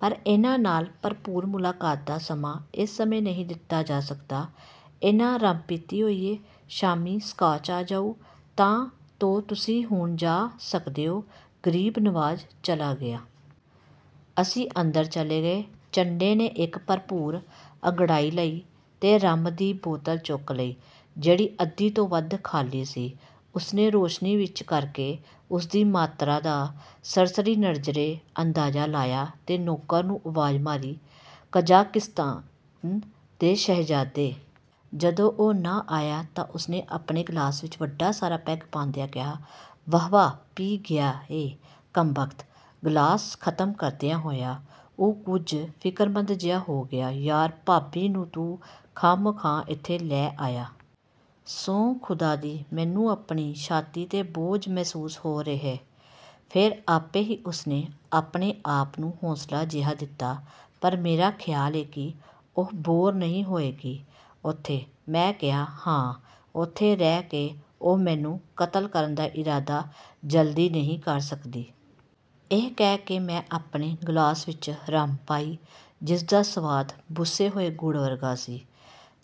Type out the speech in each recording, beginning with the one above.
ਪਰ ਇਹਨਾਂ ਨਾਲ ਭਰਪੂਰ ਮੁਲਾਕਾਤ ਦਾ ਸਮਾਂ ਇਸ ਸਮੇਂ ਨਹੀਂ ਦਿੱਤਾ ਜਾ ਸਕਦਾ। ਇਹਨਾਂ ਰੰਮ ਪੀਤੀ ਹੋਈ ਏ। ਸ਼ਾਮੀਂ ਸਕਾਚ ਆ ਜਾਉ ਤਾਂ ਤੋ ਤੁਸੀਂ ਹੁਣ ਜਾ ਸਕਦੇ ਓ। " ਗਰੀਬ ਨਵਾਜ਼ ਚਲਾ ਗਿਆ। ਅਸੀਂ ਅੰਦਰ ਚਲੇ ਗਏ। ਚੱਡੇ ਨੇ ਇਕ ਭਰਪੂਰ ਅੰਗੜਾਈ ਲਈ ਤੇ ਰੰਮ ਦੀ ਬੋਤਲ ਚੁੱਕ ਲਈ, ਜਿਹੜੀ ਅੱਧੀ ਤੋਂ ਵੱਧ ਖ਼ਾਲੀ ਸੀ। ਉਸਨੇ ਰੋਸ਼ਨੀ ਵਿਚ ਕਰਕੇ ਉਸਦੀ ਮਾਤਰਾ ਦਾ ਸਰਸਰੀ ਨਜ਼ਰੇ ਅੰਦਾਜ਼ਾ ਲਾਇਆ ਤੇ ਨੌਕਰ ਨੂੰ ਆਵਾਜ਼ ਮਾਰੀ, "ਕਜਾਕਿਸਤਾਨ ਦੇ ਸ਼ਹਿਜ਼ਾਦੇ! " ਜਦੋਂ ਉਹ ਨਾ ਆਇਆ ਤਾਂ ਉਸਨੇ ਆਪਣੇ ਗਲਾਸ ਵਿਚ ਵੱਡਾ ਸਾਰਾ ਪੈਗ ਪਾਂਦਿਆਂ ਕਿਹਾ, "ਵਹਵਾ ਪੀ ਗਿਆ ਏ ਕੰਮਬਖ਼ਤ! " ਗ਼ਲਾਸ ਖ਼ਤਮ ਕਰਦਿਆਂ ਹੋਇਆਂ ਉਹ ਕੁਝ ਫਿਕਰਮੰਦ ਜਿਹਾ ਹੋ ਗਿਆ, "ਯਾਰ, ਭਾਬੀ ਨੂੰ ਤੂੰ ਖਾਹਮ-ਖਾਹ ਇੱਥੇ ਲੈ ਆਇਆ। ਸੌਂਹ ਖ਼ੁਦਾ ਦੀ ਮੈਨੂੰ ਆਪਣੀ ਛਾਤੀ ਤੇ ਬੋਝ ਮਹਿਸੂਸ ਹੋ ਰਿਹੈ। "ਫੇਰ ਆਪੇ ਹੀ ਉਸਨੇ ਆਪਣੇ ਆਪ ਨੂੰ ਹੌਸਲਾ ਜਿਹਾ ਦਿੱਤਾ, "ਪਰ ਮੇਰਾ ਖਿਆਲ ਏ ਕਿ ਉਹ ਬੋਰ ਨਹੀਂ ਹੋਏਗੀ ਉੱਥੇ। " ਮੈਂ ਕਿਹਾ, "ਹਾਂ, ਉੱਥੇ ਰਹਿ ਕੇ ਉਹ ਮੈਨੂੰ ਕਤਲ ਕਰਨ ਦਾ ਇਰਾਦਾ ਜਲਦੀ ਨਹੀਂ ਕਰ ਸਕਦੀ। " ਇਹ ਕਹਿ ਕੇ ਮੈਂ ਆਪਣੇ ਗਲਾਸ ਵਿਚ ਰੰਮ ਪਾਈ, ਜਿਸਦਾ ਸਵਾਦ ਬੁਸੇ ਹੋਏ ਗੁੜ ਵਰਗਾ ਸੀ।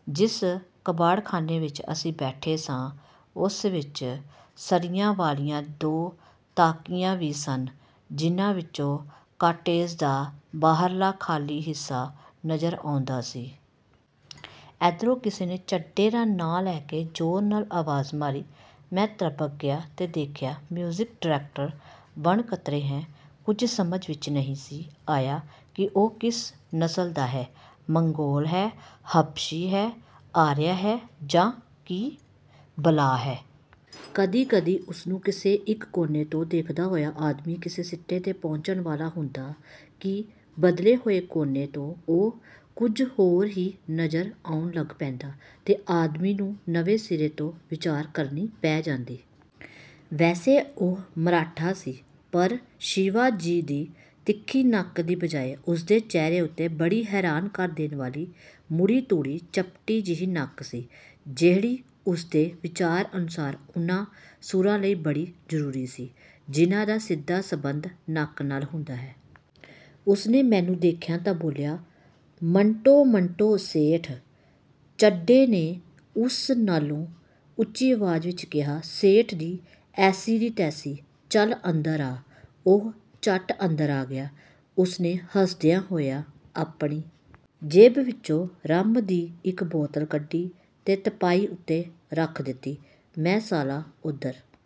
ਜਿਸ ਕਬਾੜਖਾਨੇ ਵਿਚ ਅਸੀਂ ਬੈਠੇ ਸਾਂ, ਉਸ ਵਿਚ ਸਰੀਆਂ ਵਾਲੀਆਂ ਦੋ ਤਾਕੀਆਂ ਵੀ ਸਨ ਜਿਹਨਾਂ ਵਿਚੋਂ ਕਾਟੇਜ ਦਾ ਬਾਹਰਲਾ ਖਾਲੀ ਹਿੱਸਾ ਨਜ਼ਰ ਆਉਂਦਾ ਸੀ। ਇਧਰੋਂ ਕਿਸੇ ਨੇ ਚੱਡੇ ਦਾ ਨਾਂਅ ਲੈ ਕੇ ਜ਼ੋਰ ਨਾਲ ਆਵਾਜ਼ ਮਾਰੀ। ਮੈਂ ਤ੍ਰਬਕ ਗਿਆ ਤੇ ਦੇਖਿਆ ਮਿਊਜ਼ਿਕ ਡਾਇਰੈਕਟਰ ਵਣਕਤਰੇ ਹੈ। ਕੁਝ ਸਮਝ ਵਿਚ ਨਹੀਂ ਸੀ ਆਇਆ ਕਿ ਉਹ ਕਿਸ ਨਸਲ ਦਾ ਹੈ, ਮੰਗੋਲ ਹੈ, ਹਬਸ਼ੀ ਹੈ, ਆਰੀਆ ਹੈ ਜਾਂ ਕੀ ਬਲਾਅ ਹੈ! ਕਦੀ-ਕਦੀ ਉਸਨੂੰ ਕਿਸੇ ਇਕ ਕੋਨੇ ਤੋਂ ਦੇਖਦਾ ਹੋਇਆ ਆਦਮੀ ਕਿਸੇ ਸਿੱਟੇ 'ਤੇ ਪਹੁੰਚਣ ਵਾਲਾ ਹੁੰਦਾ ਕਿ ਬਦਲੇ ਹੋਏ ਕੋਨੇ ਤੋਂ ਉਹ ਕੁਝ ਹੋਰ ਹੀ ਨਜ਼ਰ ਆਉਣ ਲੱਗ ਪੈਂਦਾ ਤੇ ਆਦਮੀ ਨੂੰ ਨਵੇਂ ਸਿਰੇ ਤੋਂ ਵਿਚਾਰ ਕਰਨੀ ਪੈ ਜਾਂਦੀ। ਵੈਸੇ ਉਹ ਮਰਾਠਾ ਸੀ, ਪਰ ਸ਼ਿਵਾ ਜੀ ਦੀ ਤਿੱਖੀ ਨੱਕ ਦੀ ਬਜਾਏ ਉਸਦੇ ਚਿਹਰੇ ਉੱਤੇ ਬੜੀ ਹੈਰਾਨ ਕਰ ਦੇਣ ਵਾਲੀ ਮੁੜੀ-ਤੁੜੀ, ਚਪਟੀ ਜਿਹੀ ਨੱਕ ਸੀ, ਜਿਹੜੀ ਉਸਦੇ ਵਿਚਾਰ ਅਨੁਸਾਰ ਉਹਨਾਂ ਸੁਰਾਂ ਲਈ ਬੜੀ ਜ਼ਰੂਰੀ ਸੀ, ਜਿਹਨਾਂ ਦਾ ਸਿੱਧਾ ਸੰਬੰਧ ਨੱਕ ਨਾਲ ਹੁੰਦਾ ਹੈ। ਉਸਨੇ ਮੈਨੂੰ ਦੇਖਿਆ ਤਾਂ ਬੋਲਿਆ, "ਮੰਟੋ-ਮੰਟੋ ਸੇਠ! " ਚੱਡੇ ਨੇ ਉਸ ਨਾਲੋਂ ਉੱਚੀ ਆਵਾਜ਼ ਵਿਚ ਕਿਹਾ, "ਸੇਠ ਦੀ ਐਸੀ ਦੀ ਤੈਸੀ-ਚੱਲ, ਅੰਦਰ ਆ! " ਉਹ ਝੱਟ ਅੰਦਰ ਆ ਗਿਆ। ਉਸਨੇ ਹੱਸਦਿਆਂ ਹੋਇਆਂ ਆਪਣੀ ਜੇਬ ਵਿਚੋਂ ਰੰਮ ਦੀ ਇਕ ਬੋਤਲ ਕੱਢੀ ਤੇ ਤਿਪਾਈ ਉੱਤੇ ਰੱਖ ਦਿੱਤੀ, "ਮੈਂ ਸਾਲਾ ਉਧਰ